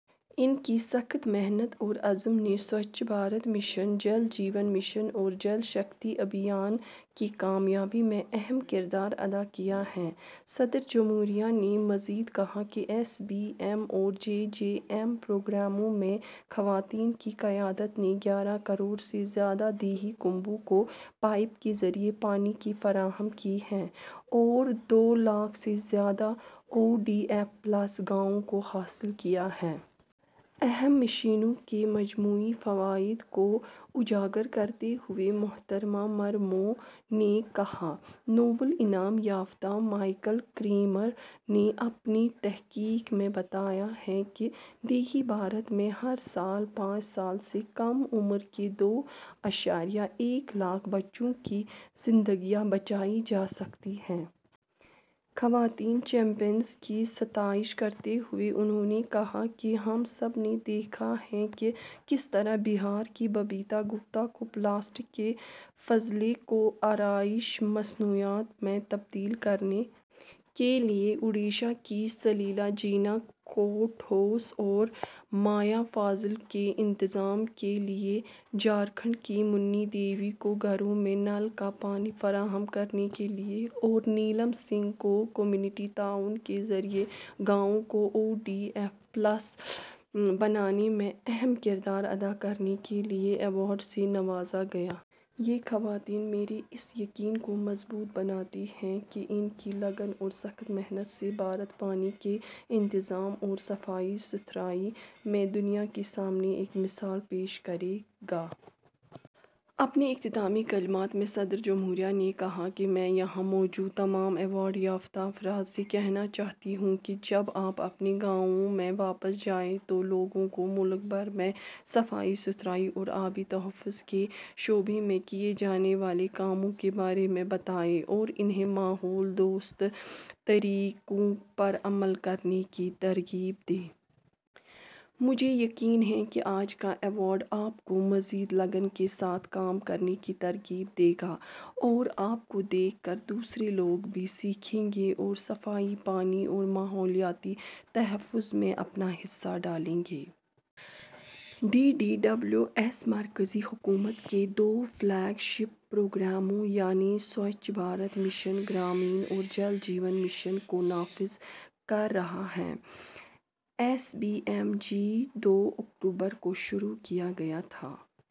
ان کی سخت محنت اور عزم نے سوچھ بھارت مشن، جل جیون مشن اور جل شکتی ابھیان کی کامیابی میں اہم کردار ادا کیا ہے۔ صدر جمہوریہ نے مزید کہا کہ ایس بی ایم اور جے جے ایم پروگراموں میں خواتین کی قیادت نے گیارہ کروڑ سے زیادہ دیہی کنبوں کو پائپ کے ذریعے پانی کی فراہمی کی ہے اور دو لاکھ سے زیادہ او ڈی ایف پلس گاؤوں کو حاصل کیا ہے۔ اہم مشنوں کے مجموعی فوائد کو اجاگر کرتے ہوئے محترمہ مرمو نے کہا، ''نوبل انعام یافتہ مائیکل کریمر نے اپنی تحقیق میں بتایا ہے کہ دیہی بھارت میں ہر سال پانچ سال سے کم عمر کے دو اعشاریہ ایک لاکھ بچوں کی زندگیاں بچائی جا سکتی ہیں۔ '' خواتین چیمپیئنز کی ستائش کرتے ہوئے انھوں نے کہا کہ ہم سب نے دیکھا ہے کہ کس طرح بہار کی ببیتا گپتا کو پلاسٹک کے فضلے کو آرائشی مصنوعات میں تبدیل کرنے کے لیے، اوڈیشہ کی سلیلا جینا کو ٹھوس اور مائع فضلہ کے انتظام کے لیے، جھارکھنڈ کی منی دیوی کو گھروں میں نل کا پانی فراہم کرنے کے لیے، اور نیلم سنگھ کو کمیونٹی تعاون کے ذریعہ گاؤں کو او ڈی ایف پلس بنانے میں اہم کردار ادا کرنے کے لیے ایوارڈ سے نوازا گیا۔ یہ خواتین میرے اس یقین کو مضبوط بناتی ہیں کہ ان کی لگن اور سخت محنت سے بھارت پانی کے انتظام اور صفائی ستھرائی میں دنیا کے سامنے ایک مثال پیش کرے گا۔ اپنے اختتامی کلمات میں صدر جمہوریہ نے کہا کہ میں یہاں موجود تمام ایوارڈ یافتہ افراد سے کہنا چاہتی ہوں کہ جب آپ اپنے گاؤوں میں واپس جائیں تو لوگوں کو ملک بھر میں صفائی ستھرائی اور آبی تحفظ کے شعبے میں کیے جانے والے کاموں کے بارے میں بتائیں اور انھیں ماحول دوست طریقوں پر عمل کرنے کی ترغیب دیں۔ مجھے یقین ہے کہ آج کا ایوارڈ آپ کو مزید لگن کے ساتھ کام کرنے کی ترغیب دے گا اور آپ کو دیکھ کر دوسرے لوگ بھی سیکھیں گے اور صفائی، پانی اور ماحولیاتی تحفظ میں اپنا حصہ ڈالیں گے۔ ڈی ڈی ڈبلیو ایس مرکزی حکومت کے دو فلیگ شپ پروگراموں یعنی سوچھ بھارت مشن گرامین اور جل جیون مشن کو نافذ کر رہا ہے۔ ایس بی ایم-جی دو اکتوبر کو شروع کیا گیا تھا،